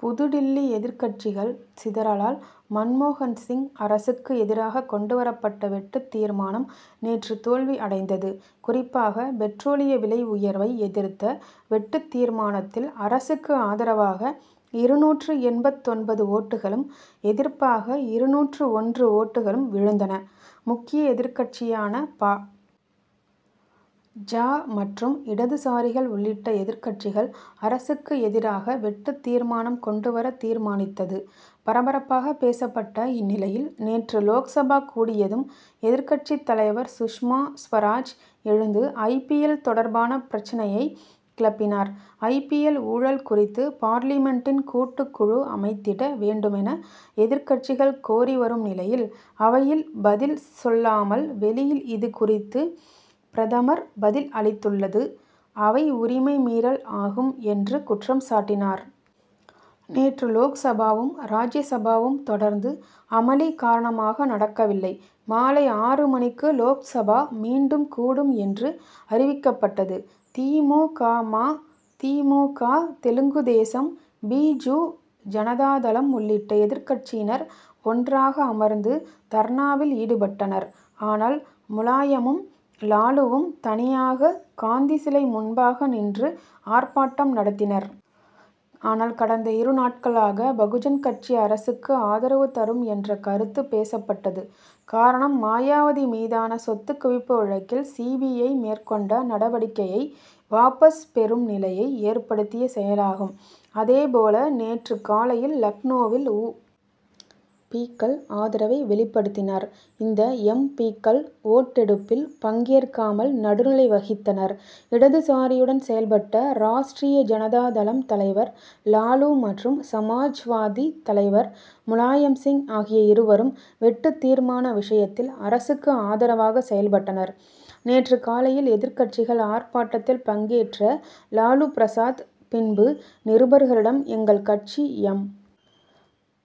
புதுடில்லி எதிர்க்கட்சிகள் சிதறலால் மன்மோகன் சிங் அரசுக்கு எதிராக கொண்டுவரப்பட்ட வெட்டுத் தீர்மானம் நேற்று தோல்வி அடைந்தது. குறிப்பாக பெட்ரோலிய விலை உயர்வை எதிர்த்த வெட்டுத் தீர்மானத்தில் அரசுக்கு ஆதரவாக இருநூற்று எண்பத்தொன்பது ஓட்டுகளும் எதிர்ப்பாக இருநூற்று ஒன்று ஓட்டுகளும் விழுந்தன. முக்கிய எதிர்க்கட்சியான பா. ஜ. மற்றும் இடதுசாரிகள் உள்ளிட்ட எதிர்க்கட்சிகள் அரசுக்கு எதிராக வெட்டுத் தீர்மானம் கொண்டுவர தீர்மானித்தது பரபரப்பாக பேசப்பட்டது. இந்நிலையில் நேற்று லோக்சபா கூடியதும் எதிர்க்கட்சித் தலைவர் சுஷ்மா சுவராஜ் எழுந்து ஐ. பி. எல். தொடர்பான பிரச்னையை கிளப்பினார். ஐ. பி. எல். ஊழல் குறித்து பார்லிமென்டின் கூட்டுக்குழு அமைத்திட வேண்டுமென எதிர்க்கட்சிகள் கோரி வரும் நிலையில் அவையில் பதில் சொல்லாமல் வெளியில் இதுகுறித்து பிரதமர் பதில் அளித்துள்ளது அவை உரிமை மீறல் ஆகும் என்று குற்றம் சாட்டினார். நேற்று லோக்சபாவும் ராஜ்யசபாவும் தொடர்ந்து அமளி காரணமாக நடக்கவில்லை. மாலை ஆறு மணிக்கு லோக்சபா மீண்டும் கூடும் என்று அறிவிக்கப்பட்டது. தி. மு. க. ம. தி. மு. க. தெலுங்குதேசம் பிஜு ஜனதாதளம் உள்ளிட்ட எதிர்க்கட்சியினர் ஒன்றாக அமர்ந்து தர்ணாவில் ஈடுபட்டனர். ஆனால் முலாயமும் லாலுவும் தனியாக காந்தி சிலை முன்பாக நின்று ஆர்ப்பாட்டம் நடத்தினர். ஆனால் கடந்த இருநாட்களாக பகுஜன் கட்சி அரசுக்கு ஆதரவு தரும் என்ற கருத்து பேசப்பட்டது காரணம் மாயாவதி மீதான சொத்துக் குவிப்பு வழக்கில் சி. பி. ஐ. மேற்கொண்ட நடவடிக்கையை வாபஸ் பெறும் நிலையை ஏற்படுத்திய செயலாகும். அதே போல நேற்று காலையில் லக்னோவில் உ. பி.க்கள் ஆதரவை வெளிப்படுத்தினார். இந்த எம். பி.க்கள் ஓட்டெடுப்பில் பங்கேற்காமல் நடுநிலை வகித்தனர். இடதுசாரியுடன் செயல்பட்ட ராஷ்டிரிய ஜனதாதளம் தலைவர் லாலு மற்றும் சமாஜ்வாடி தலைவர் முலாயம் சிங் ஆகிய இருவரும் வெட்டுத் தீர்மான விஷயத்தில் அரசுக்கு ஆதரவாக செயல்பட்டனர். நேற்று காலையில் எதிர்க்கட்சிகள் ஆர்ப்பாட்டத்தில் பங்கேற்ற லாலு பிரசாத் பின்பு நிருபர்களிடம் எங்கள் கட்சி எம்.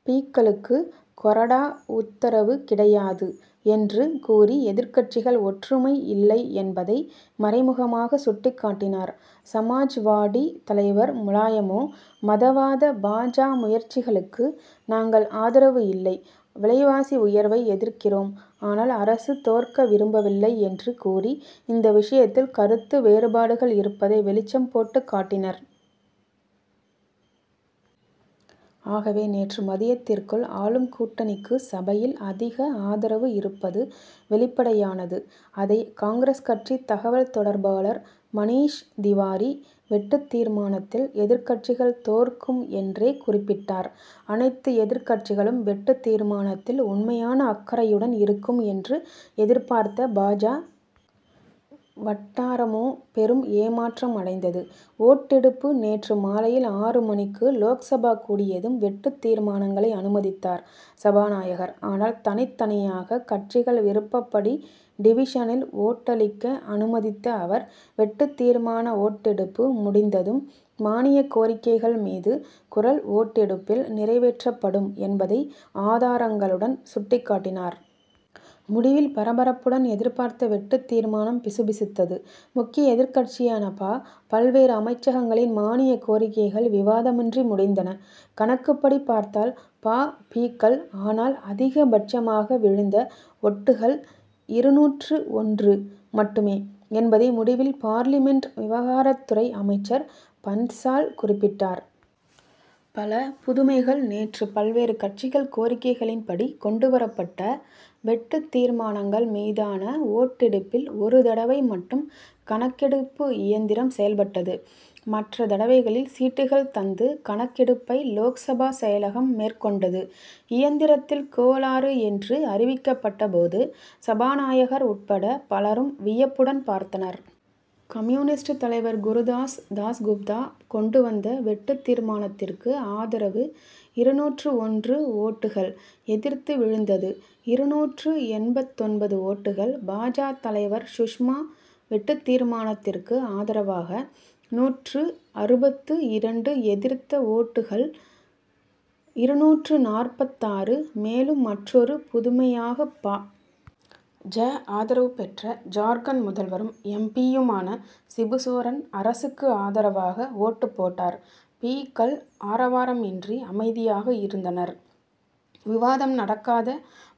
பி.க்களுக்கு கொறடா உத்தரவு கிடையாது என்று கூறி எதிர்க்கட்சிகள் ஒற்றுமை இல்லை என்பதை மறைமுகமாக சுட்டிக்காட்டினார். சமாஜ்வாடி தலைவர் முலாயமோ மதவாத பா. ஜ. முயற்சிகளுக்கு நாங்கள் ஆதரவு இல்லை விலைவாசி உயர்வை எதிர்க்கிறோம் ஆனால் அரசு தோற்க விரும்பவில்லை என்று கூறி இந்த விஷயத்தில் கருத்து வேறுபாடுகள் இருப்பதை வெளிச்சம் போட்டுக் காட்டினார். ஆகவே நேற்று மதியத்திற்குள் ஆளும் கூட்டணிக்கு சபையில் அதிக ஆதரவு இருப்பது வெளிப்படையானது. அதை காங்கிரஸ் கட்சி தகவல்தொடர்பாளர் மணீஷ் திவாரி வெட்டுத் தீர்மானத்தில் எதிர்க்கட்சிகள் தோற்கும் என்றே குறிப்பிட்டார். அனைத்து எதிர்க்கட்சிகளும் வெட்டுத் தீர்மானத்தில் உண்மையான அக்கறையுடன் இருக்கும் என்று எதிர்பார்த்த பா. ஜ. வட்டாரமோ பெரும் ஏமாற்றம் அடைந்தது. ஓட்டெடுப்பு நேற்று மாலையில் ஆறு மணிக்கு லோக்சபா கூடியதும் வெட்டுத் தீர்மானங்களை அனுமதித்தார் சபாநாயகர். ஆனால் தனித் தனியாக கட்சிகள் விருப்பப்படி டிவிஷனில் ஓட்டளிக்க அனுமதித்த அவர் வெட்டுத் தீர்மான ஓட்டெடுப்பு முடிந்ததும் மானியக் கோரிக்கைகள் மீது குரல் ஓட்டெடுப்பில் நிறைவேற்றப்படும் என்பதை ஆதாரங்களுடன் சுட்டிக்காட்டினார். முடிவில் பரபரப்புடன் எதிர்பார்த்த வெட்டுத் தீர்மானம் பிசுபிசுத்தது. முக்கிய எதிர்க்கட்சியான பா. பல்வேறு அமைச்சகங்களின் மானியக் கோரிக்கைகள் விவாதமின்றி முடிந்தன. கணக்குப்படி பார்த்தால் பா. பி.க்கள். ஆனால் அதிக பட்சமாக விழுந்த ஒட்டுகள் இருநூற்று ஒன்று மட்டுமே என்பதை முடிவில் பார்லிமென்ட் விவகாரத்துறை அமைச்சர் பன்சால் குறிப்பிட்டார். பல புதுமைகள் நேற்று பல்வேறு கட்சிகள் கோரிக்கைகளின் படி கொண்டுவரப்பட்ட வெட்டுத் தீர்மானங்கள் மீதான ஓட்டெடுப்பில் ஒரு தடவை மட்டும் கணக்கெடுப்பு இயந்திரம் செயல்பட்டது. மற்ற தடவைகளில் சீட்டுகள் தந்து கணக்கெடுப்பை லோக்சபா செயலகம் மேற்கொண்டது. இயந்திரத்தில் கோளாறு என்று அறிவிக்கப்பட்ட போது சபாநாயகர் உட்பட பலரும் வியப்புடன் பார்த்தனர். கம்யூனிஸ்ட் தலைவர் குருதாஸ் தாஸ்குப்தா கொண்டு வந்த வெட்டுத் தீர்மானத்திற்கு ஆதரவு இருநூற்று ஒன்று ஓட்டுகள். எதிர்த்து விழுந்தது இருநூற்று எண்பத்தொன்பது ஓட்டுகள். பா. ஜ. தலைவர் சுஷ்மா வெட்டுத் தீர்மானத்திற்கு ஆதரவாக நூற்று அறுபத்து இரண்டு எதிர்த்த ஓட்டுகள் இருநூற்று நாற்பத்தாறு. மேலும் மற்றொரு புதுமையாக பா. ஜ. ஆதரவு பெற்ற ஜார்க்கண்ட் முதல்வரும் எம். பி.யுமான சிபுசோரன் அரசுக்கு ஆதரவாக ஓட்டு போட்டார். பி.க்கள் ஆரவாரம் இன்றி அமைதியாக இருந்தனர். விவாதம் நடக்காத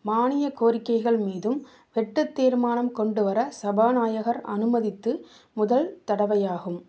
மானிய கோரிக்கைகள் மீதும் வெட்டுத் தீர்மானம் கொண்டுவர சபாநாயகர் அனுமதித்து முதல் தடவையாகும்.